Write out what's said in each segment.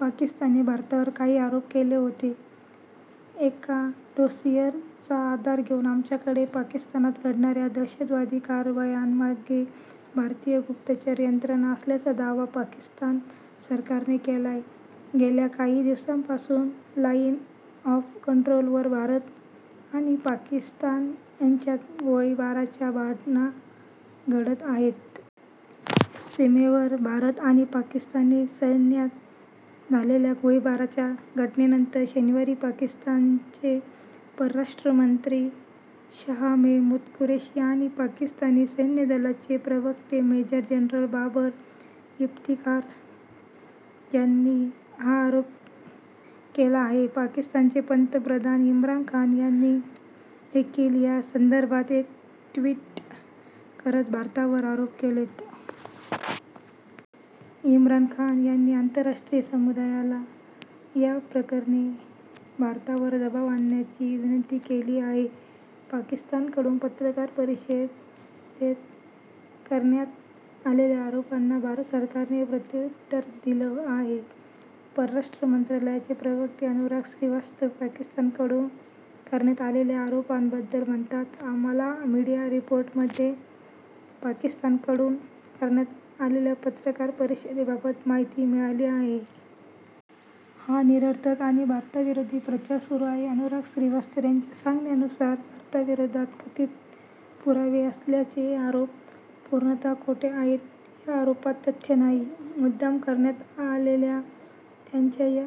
पाकिस्तानने भारतावर काही आरोप केले होते. एका 'डोसिअर'चा आधार घेऊन आमच्याकडे पाकिस्तानात घडणाऱ्या दहशतवादी कारवायांमागे भारतीय गुप्तचर यंत्रणा असल्याचा' दावा पाकिस्तान सरकारने केलाय. गेल्या काही दिवसांपासून 'लाइन ऑफ कंट्रोल' वर भारत आणि पाकिस्तान यांच्यात गोळीबाराच्या घटना घडत आहेत. सीमेवर भारत आणि पाकिस्तानी सैन्यात झालेल्या गोळीबाराच्या घटनेनंतर, शनिवारी पाकिस्तानचे परराष्ट्रमंत्री शहा मेहमूद कुरेशी आणि पाकिस्तानी सैन्यदलाचे प्रवक्ते मेजर जनरल बाबर इफ्तिखार यांनी हा आरोप केला आहे. पाकिस्तानचे पंतप्रधान इम्रान खान यांनी देखील या संदर्भात एक ट्विट करत भारतावर आरोप केलेत. इम्राम खान यांनी आंतरराष्ट्रीय समुदायाला या प्रकरणी भारतावर दबाव आणण्याची विनंती केली आहे. पाकिस्तानकडून पत्रकार परिषदेत करण्यात आलेल्या आरोपांना भारत सरकारने प्रत्युत्तर दिलं आहे. परराष्ट्र मंत्रालयाचे प्रवक्ते अनुराग श्रीवास्तव पाकिस्तानकडून करण्यात आलेल्या आरोपांबद्दल म्हणतात आम्हाला मीडिया रिपोर्टमध्ये पाकिस्तानकडून करण्यात आलेल्या पत्रकार परिषदेबाबत माहिती मिळाली आहे. हा निरर्थक आणि भारताविरोधी प्रचार सुरू आहे. अनुराग श्रीवास्तव यांच्या सांगण्यानुसार भारताविरोधात कथित पुरावे असल्याचे आरोप पूर्णत: खोटे आहेत. या आरोपात तथ्य नाही. मुद्दाम करण्यात आलेल्या त्यांच्या या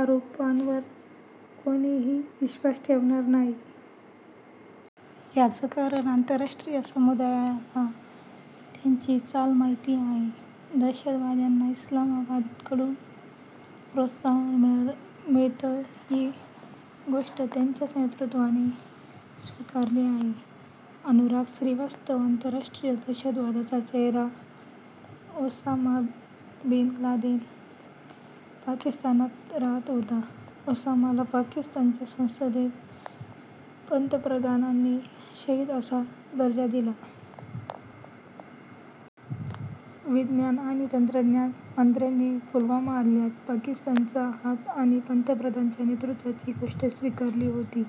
आरोपांवर कोणीही विश्वास ठेवणार नाही. याचं कारण आंतरराष्ट्रीय समुदायाला त्यांची चाल माहिती आहे. दहशतवाद्यांना इस्लामाबादकडून प्रोत्साहन मिळतं, ही गोष्ट त्यांच्याच नेतृत्वाने स्वीकारली आहे. अनुराग श्रीवास्तव आतरराष्ट्रीय दहशतवादाचा चेहरा ओसामा बिन लादेन पाकिस्तानात रहात होता. ओसामाला पाकिस्तानच्या संसदेत पंतप्रधानांनी शहीद असा दर्जा दिला. विज्ञान आणि तंत्रज्ञान मंत्र्यांनी पुलवामा हल्ल्यात पाकिस्तानचा हात आणि पंतप्रधानांच्या नेतृत्वाची गोष्ट स्वीकारली होती.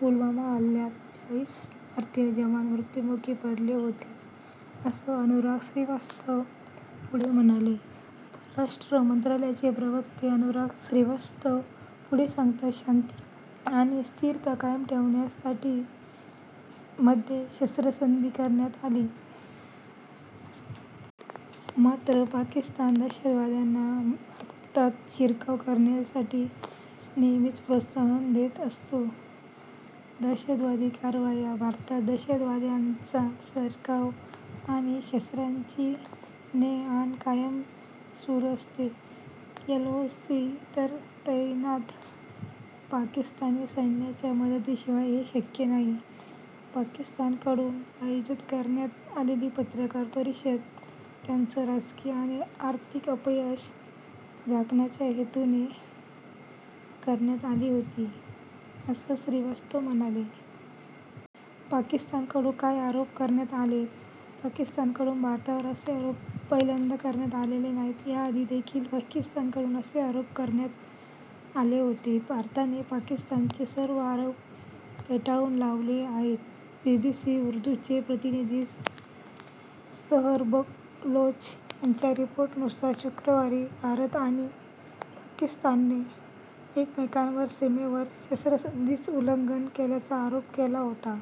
पुलवामा हल्ल्यात चाळीस भारतीय जवान मृत्यूमुखी पडले होते असं अनुराग श्रीवास्तव पुढे म्हणाले. परराष्ट्र मंत्रालयाचे प्रवक्ते अनुराग श्रीवास्तव पुढे सांगतात शांती आणि स्थिरता कायम ठेवण्यासाठी मध्ये शस्त्रसंधी करण्यात आली. मात्र, पाकिस्तान दहशतवाद्यांना भारतात शिरकाव करण्यासाठी नेहमीच प्रोत्साहन देत असतो. दहशतवादी कारवाया, भारतात दहशतवाद्यांचा शिरकाव आणि शस्त्रांची ने-आण कायम सुरू असते. 'एलओसी' वर तैनात पाकिस्तानी सैन्याच्या मदतीशिवाय हे शक्य नाही. पाकिस्तानकडून आयोजित करण्यात आलेली पत्रकार परिषद त्यांचं राजकीय आणि आर्थिक अपयश झाकण्याच्या हेतूने करण्यात आली होती, असं श्रीवास्तव म्हणाले. पाकिस्तानकडून काय आरोप करण्यात आलेत? पाकिस्तानकडून भारतावर असे आरोप पहिल्यांदा करण्यात आलेले नाहीत. याआधी देखील पाकिस्तानकडून असे आरोप करण्यात आले होते. भारताने पाकिस्तानचे सर्व आरोप फेटाळून लावले आहेत. बीबीसी उर्दूचे प्रतिनिधी सहर बलोच यांच्या रिपोर्टनुसार, शुक्रवारी भारत आणि पाकिस्तानने एकमेकांवर सीमेवर शस्त्रसंधीच उल्लंघन केल्याचा आरोप केला होता.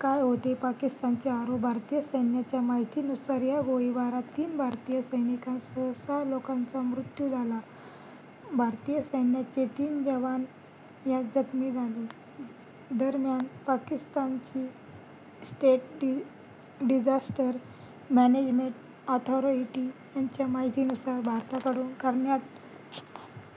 काय होते पाकिस्तानचे आरोप भारतीय सैन्याच्या माहितीनुसार, या गोळीबारात तीन भारतीय सैनिकांसह सहा लोकांचा मृत्यू झाला. भारतीय सैन्याचे तीन जवान यात जखमी झाले. दरम्यान पाकिस्तानची स्टेट डिजास्टर मॅनेजमेंट ऑथॉरीटी यांच्या माहितीनुसार भारताकडून करण्यात